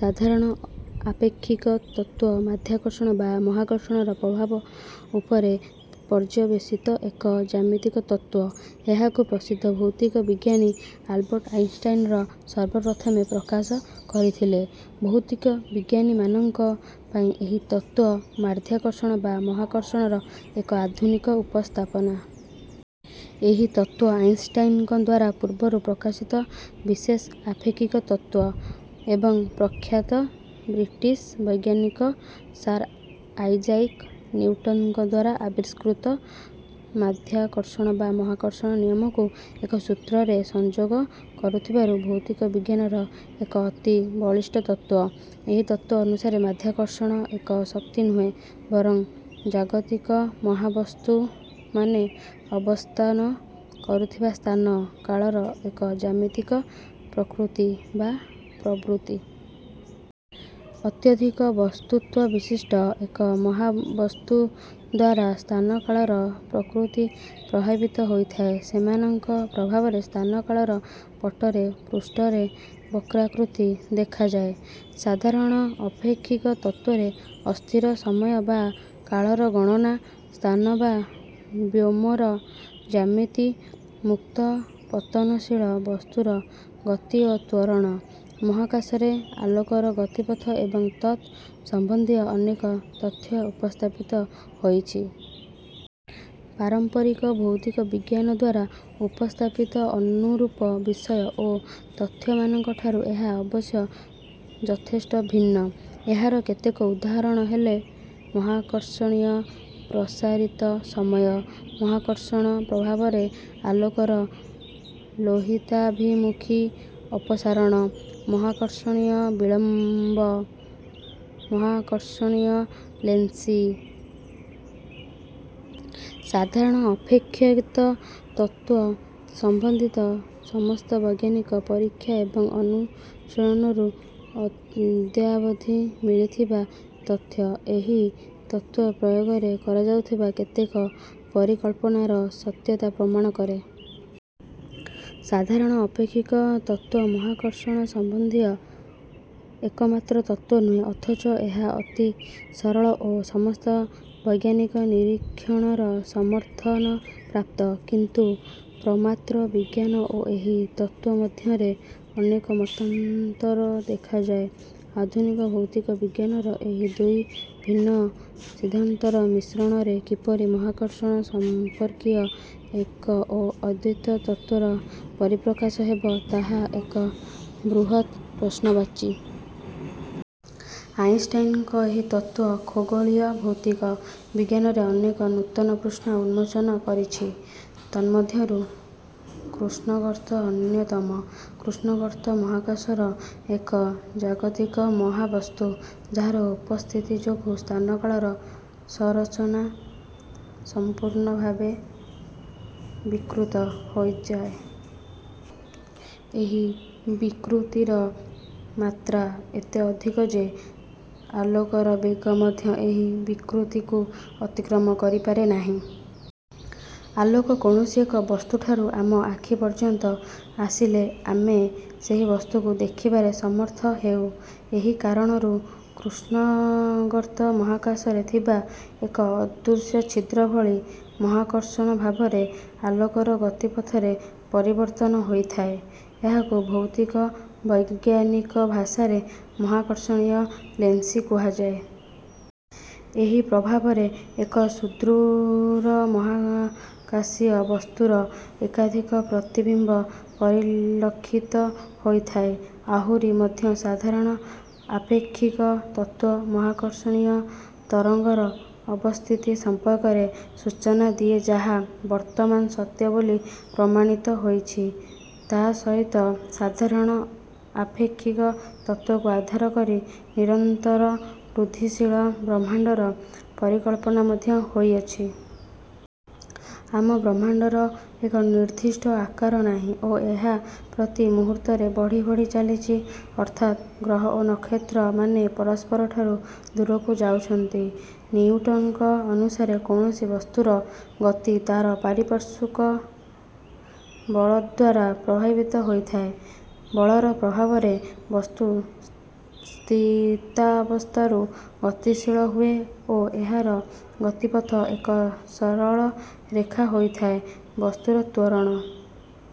ସାଧାରଣ ଆପେକ୍ଷିକ ତତ୍ତ୍ୱ, ମାଧ୍ୟାକର୍ଷଣ ବା ମହାକର୍ଷଣର ପ୍ରଭାବ ଉପରେ ପର୍ଯ୍ୟବେଶିତ ଏକ ଜ୍ୟାମିତିକ ତତ୍ତ୍ୱ। ଏହାକୁ ପ୍ରସିଦ୍ଧ ଭୌତିକ ବିଜ୍ଞାନୀ ଆଲବର୍ଟ୍ ଆଇନଷ୍ଟାଇନର ସର୍ବ ପ୍ରଥମେ ପ୍ରକାଶ କରିଥିଲେ। ଭୌତିକ ବିଜ୍ଞାନୀମାନଙ୍କ ପାଇଁ ଏହି ତତ୍ତ୍ୱ ମାଧ୍ୟାକର୍ଷଣ ବା ମହାକର୍ଷଣର ଏକ ଆଧୁନିକ ଉପସ୍ଥାପନା। ଏହି ତତ୍ତ୍ୱ ଆଇନଷ୍ଟାଇନଙ୍କଦ୍ୱାରା ପୂର୍ବରୁ ପ୍ରକାଶିତ ବିଶେଷ ଆପେକ୍ଷିକ ତତ୍ତ୍ୱ ଏବଂ ପ୍ରଖ୍ୟାତ ବ୍ରିଟିଶ୍ ବୈଜ୍ଞାନିକ ସାର୍ ଆଇଜାକ୍ ନିଉଟନଙ୍କଦ୍ୱାରା ଆବିଷ୍କୃତ ମାଧ୍ୟାକର୍ଷଣ ବା ମହାକର୍ଷଣ ନିୟମକୁ ଏକସୂତ୍ରରେ ସଂଯୋଗ କରୁଥିବାରୁ ଭୌତିକ ବିଜ୍ଞାନର ଏକ ଅତି ବଳିଷ୍ଠ ତତ୍ତ୍ୱ। ଏହି ତତ୍ତ୍ୱ ଅନୁସାରେ ମାଧ୍ୟାକର୍ଷଣ ଏକ ଶକ୍ତି ନୁହେଁ, ବରଂ ଜାଗତିକ ମହାବସ୍ତୁମାନେ ଅବସ୍ଥାନ କରୁଥିବା ସ୍ଥାନ କାଳର ଏକ ଜ୍ୟାମିତିକ ପ୍ରକୃତି ବା ପ୍ରବୃତ୍ତି। ଅତ୍ୟଧିକ ବସ୍ତୁତ୍ୱବିଶିଷ୍ଟ ଏକ ମହାବସ୍ତୁଦ୍ୱାରା ସ୍ଥାନ-କାଳର ପ୍ରକୃତି ପ୍ରଭାବିତ ହୋଇଥାଏ। ସେମାନଙ୍କ ପ୍ରଭାବରେ ସ୍ଥାନ କାଳର ପଟ୍ଟରେ ପୂଷ୍ଠରେ ବକ୍ରାକୃତି ଦେଖାଯାଏ। ସାଧାରଣ ଆପେକ୍ଷିକ ତତ୍ତ୍ୱରେ ଅସ୍ଥିର ସମୟ ବା କାଳର ଗଣନା, ସ୍ଥାନ ବା ବ୍ୟୋମର ଜ୍ୟାମିତି, ମୁକ୍ତ ପତନଶୀଳ ବସ୍ତୁର ଗତି ଓ ତ୍ୱରଣ, ମହାକାଶରେ ଆଲୋକର ଗତିପଥ ଏବଂ ତତ୍ ସମ୍ବନ୍ଧୀୟ ଅନେକ ତଥ୍ୟ ଉପସ୍ଥାପିତ ହୋଇଛି। ପାରମ୍ପରିକ ଭୌତିକ ବିଜ୍ଞାନଦ୍ୱାରା ଉପସ୍ଥାପିତ ଅନୁରୂପ ବିଷୟ ଓ ତଥ୍ୟମାନଙ୍କ ଠାରୁ ଏହା ଅବଶ୍ୟ ଯଥେଷ୍ଟ ଭିନ୍ନ। ଏହାର କେତେକ ଉଦାହରଣ ହେଲେ ମହାକର୍ଷଣୀୟ ପ୍ରସାରିତ ସମୟ, ମହାକର୍ଷଣ ପ୍ରଭାବରେ ଆଲୋକର ଲୋହିତାଭିମୁଖୀ ଅପସାରଣ, ମହାକର୍ଷଣୀୟ ବିଳମ୍ବ, ମହାକର୍ଷଣୀୟ ଲେନ୍ସିଂ। ସାଧାରଣ ଅପେକ୍ଷିତ ତତ୍ତ୍ୱ ସମ୍ବନ୍ଧିତ ସମସ୍ତ ବୈଜ୍ଞାନିକ ପରୀକ୍ଷା ଏବଂ ଅନୁଶୀଳନରୁ ଅଦ୍ୟାବଧି ମିଳିଥିବା ତଥ୍ୟ, ଏହି ତତ୍ତ୍ୱ ପ୍ରୟୋଗରେ କରାଯାଇଥିବା କେତେକ ପରିକଳ୍ପନାର ସତ୍ୟତା ପ୍ରମାଣ କରେ। ସାଧାରଣ ଆପେକ୍ଷିକ ତତ୍ତ୍ୱ ମହାକର୍ଷଣ ସମ୍ବନ୍ଧୀୟ ଏକମାତ୍ର ତତ୍ତ୍ୱ ନୁହେଁ ଅଥଚ ଏହା ଅତି ସରଳ ଓ ସମସ୍ତ ବୈଜ୍ଞାନିକ ନିରୀକ୍ଷଣର ସମର୍ଥନପ୍ରାପ୍ତ। କିନ୍ତୁ ପ୍ରମାତ୍ର ବିଜ୍ଞାନ ଓ ଏହି ତତ୍ତ୍ୱ ମଧ୍ୟରେ ଅନେକ ମତାନ୍ତର ଦେଖାଯାଏ। ଆଧୁନିକ ଭୌତିକ ବିଜ୍ଞାନର ଏହି ଦୁଇ ଭିନ୍ନ ସିଦ୍ଧାନ୍ତର ମିଶ୍ରଣରେ କିପରି ମହାକର୍ଷଣ ସମ୍ପର୍କୀୟ ଏକ ଓ ଅଦ୍ୱୈତ ତତ୍ତ୍ୱର ପରିପ୍ରକାଶ ହେବ, ତାହା ଏକ ବୃହତ୍ ପ୍ରଶ୍ନବାଚୀ। ଆଇନଷ୍ଟାଇନଙ୍କ ଏହି ତତ୍ତ୍ୱ ଖଗୋଳୀୟ ଭୌତିକ ବିଜ୍ଞାନରେ ଅନେକ ନୂତନ ପୃଷ୍ଠା ଉନ୍ମୋଚନ କରିଛି। ତନ୍ମଧ୍ୟରୁ କୃଷ୍ଣଗର୍ତ୍ତ ଅନ୍ୟତମ। କୃଷ୍ଣଗର୍ତ୍ତ ମହାକାଶର ଏକ ଜାଗତିକ ମହାବସ୍ତୁ, ଯାହାର ଉପସ୍ଥିତି ଯୋଗୁଁ ସ୍ଥାନ କାଳର ସଂରଚନା ସମ୍ପୂର୍ଣଭାବେ ବିକୃତ ହୋଇଯାଏ। ଏହି ବିକୃତିର ମାତ୍ରା ଏତେ ଅଧିକ ଯେ, ଆଲୋକର ବେଗ ମଧ୍ୟ ଏହି ବିକୃତି କୁ ଅତିକ୍ରମ କରିପାରେ ନାହିଁ। ଆଲୋକ କୌଣସି ଏକ ବସ୍ତୁଠାରୁ ଆମ ଆଖି ପର୍ଯ୍ୟନ୍ତ ଆସିଲେ ଆମେ ସେହି ବସ୍ତୁକୁ ଦେଖିବାରେ ସମର୍ଥ ହେଉ। ଏହି କାରଣରୁ କୃଷ୍ଣଗର୍ତ୍ତ ମହାକାଶରେ ଥିବା ଏକ ଅଦୃଶ୍ୟ ଛିଦ୍ର ଭଳି। ମହାକର୍ଷଣ ପ୍ରଭାବରେ ଆଲୋକର ଗତିପଥରେ ପରିବର୍ତ୍ତନ ହୋଇଥାଏ। ଏହାକୁ ଭୌତିକ ବୈଜ୍ଞାନିକ ଭାଷାରେ ମହାକର୍ଷଣୀୟ ଲେନ୍ସିଂ କୁହାଯାଏ। ଏହି ପ୍ରଭାବରେ ଏକ ସୁଦୂର ମହାକାଶୀୟ ବସ୍ତୁର ଏକାଧିକ ପ୍ରତିବିମ୍ବ ପରିଲକ୍ଷିତ ହୋଇଥାଏ। ଆହୁରି ମଧ୍ୟ, ସାଧାରଣ ଆପେକ୍ଷିକ ତତ୍ତ୍ୱ, ମହାକର୍ଷଣୀୟ ତରଙ୍ଗର ଅବସ୍ଥିତି ସମ୍ପର୍କରେ ସୂଚନା ଦିଏ ଯାହା ବର୍ତ୍ତମାନ ସତ୍ୟ ବୋଲି ପ୍ରମାଣିତ ହୋଇଛି। ତା' ସହିତ, ସାଧାରଣ ଆପେକ୍ଷିକ ତତ୍ତ୍ୱକୁ ଆଧାର କରି ନିରନ୍ତର ବୃଦ୍ଧିଶୀଳ ବ୍ରହ୍ମାଂଣ୍ଡର ପରିକଳ୍ପନା ମଧ୍ୟ ହୋଇଅଛି। ଆମ ବ୍ରହ୍ମାଣ୍ଡର ଏକ ନିର୍ଦ୍ଦିଷ୍ଟ ଆକାର ନାହିଁ ଓ ଏହା ପ୍ରତି ମୁହୂର୍ତ୍ତରେ ବଢି ବଢି ଚାଲିଛି। ଅର୍ଥାତ୍ ଗ୍ରହ ଓ ନକ୍ଷତ୍ର ମାନେ ପରସ୍ପରଠାରୁ ଦୂରକୁ ଯାଉଛନ୍ତି। ନିଉଟନଙ୍କ ଅନୁସାରେ କୌଣସି ବସ୍ତୁର ଗତି ତାର ପାରିପାର୍ଶ୍ୱିକ ବଳଦ୍ୱାରା ପ୍ରଭାବିତ ହୋଇଥାଏ। ବଳର ପ୍ରଭାବରେ ବସ୍ତୁ ସ୍ଥିତାବସ୍ଥାରୁ ଗତିଶୀଳ ହୁଏ ଓ ଏହାର ଗତିପଥ ଏକ ସରଳରେଖା ହୋଇଥାଏ। ବସ୍ତୁର ତ୍ୱରଣ